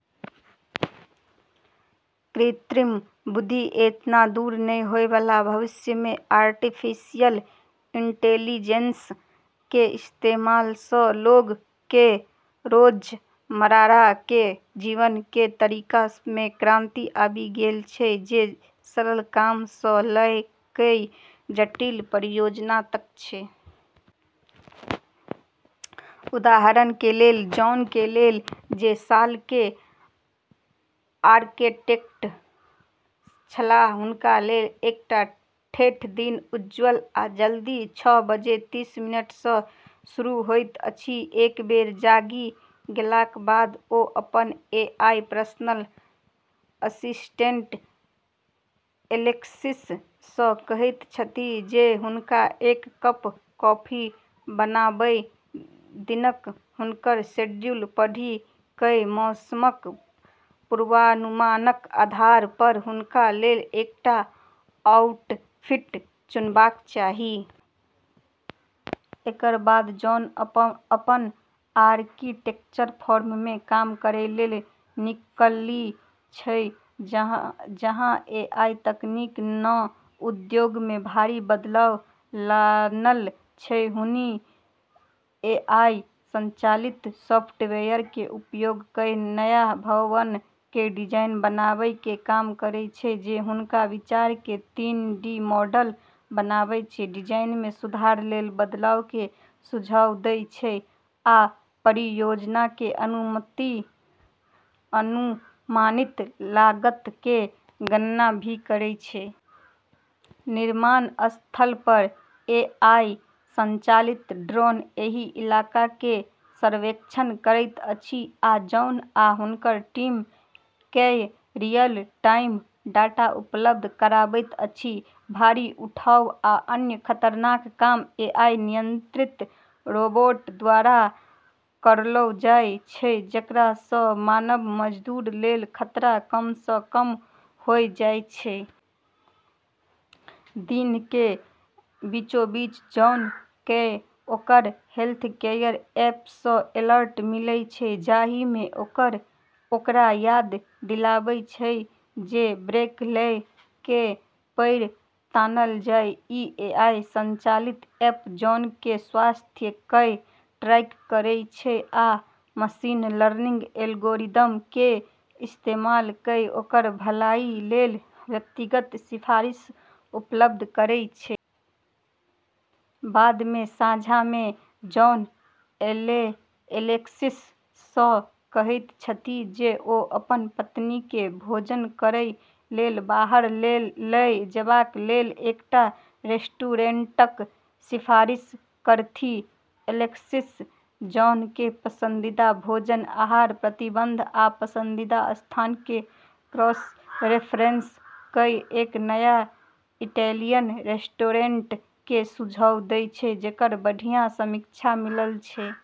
कृत्रिम बुद्धि एतना दूर नै होय वाला भविष्य मे आर्टिफिशियल इंटेलिजेंस के इस्तेमाल सँ लोग के रोजमरारा के जीवन के तरीका मे क्रांति आबि गेल छै, जे सरल काम सँ लय कय जटिल परियोजना तक छै। उदाहरण के लेल जॉन के लेल, जे साल के आर्किटेक्ट छलाह। हुनका लेल एकटा ठेठ दिन उज्ज्वल आ जल्दी छह बजे तीस मिनट सँ शुरू होइत अछि। एक बेर जागि गेलाक बाद ओ अपन एआई पर्सनल असिस्टेंट "एलेक्सिस" सँ कहैत छथि जे हुनका एक कप कॉफी बनाबय, दिनक हुनकर शेड्यूल पढ़ि कय मौसमक पूर्वानुमानक आधार पर हुनका लेल एकटा आउटफिट चुनबाक चाही। एकर बाद जॉन अपन अपन आर्किटेक्चर फॉर्म मे काम करै लेल निकली छै, जहां जहाँ एआई तकनीक नँ उद्योग मे भारी बदलाव लानल छै। हुनी एआई संचालित सॉफ्टवेयर के उपयोग कय नया भवन के डिजाइन बनाबै के काम करै छै जे हुनका विचार के तीन-डी मॉडल बनाबै छै, डिजाइन मे सुधार लेल बदलाव के सुझाव दै छै, आ परियोजना के अनुमति अनुमानित लागत के गणना भी करै छै। निर्माण स्थल पर एआई संचालित ड्रोन एहि इलाका क सर्वेक्षण करैत अछि आ जॉन आ हुनकर टीम कए रियल टाइम डाटा उपलब्ध कराबैत अछि। भारी उठाव आ अन्य खतरनाक काम एआई नियंत्रित रोबोट द्वारा करलौ जाय छै, जेकरा सँ मानव मजदूर लेल खतरा कम सँ कम होय जाय छै। दिन के बीचोबीच जॉन कए ओकर हेल्थकेयर ऐप सँ अलर्ट मिलै छै जाहि मे ओकर ओकरा याद दिलाबै छै जे ब्रेक लय कय पैर तानल जाय। ई एआई संचालित ऐप जॉन के स्वास्थ्य कय ट्रैक करै छै आ मशीन लर्निंग एल्गोरिदम के इस्तेमाल कय ओकर भलाई लेल व्यक्तिगत सिफारिश उपलब्ध करै छै। बाद मे साँझा मे जॉन एले एलेक्सिस सँ कहैत छथि जे ओ अपन पत्नी के भोजन करय लेल बाहर लेल लय जेबाक लेल एकटा रेस्टोरेंटक सिफारिश करथि। एलेक्सिस जॉन के पसंदीदा भोजन, आहार प्रतिबंध, आ पसंदीदा स्थान के क्रॉस-रेफरेंस कय एक नया इटैलियन रेस्टोरेंट के सुझाव दै छै जेकर बढ़िया समीक्षा मिलल छै।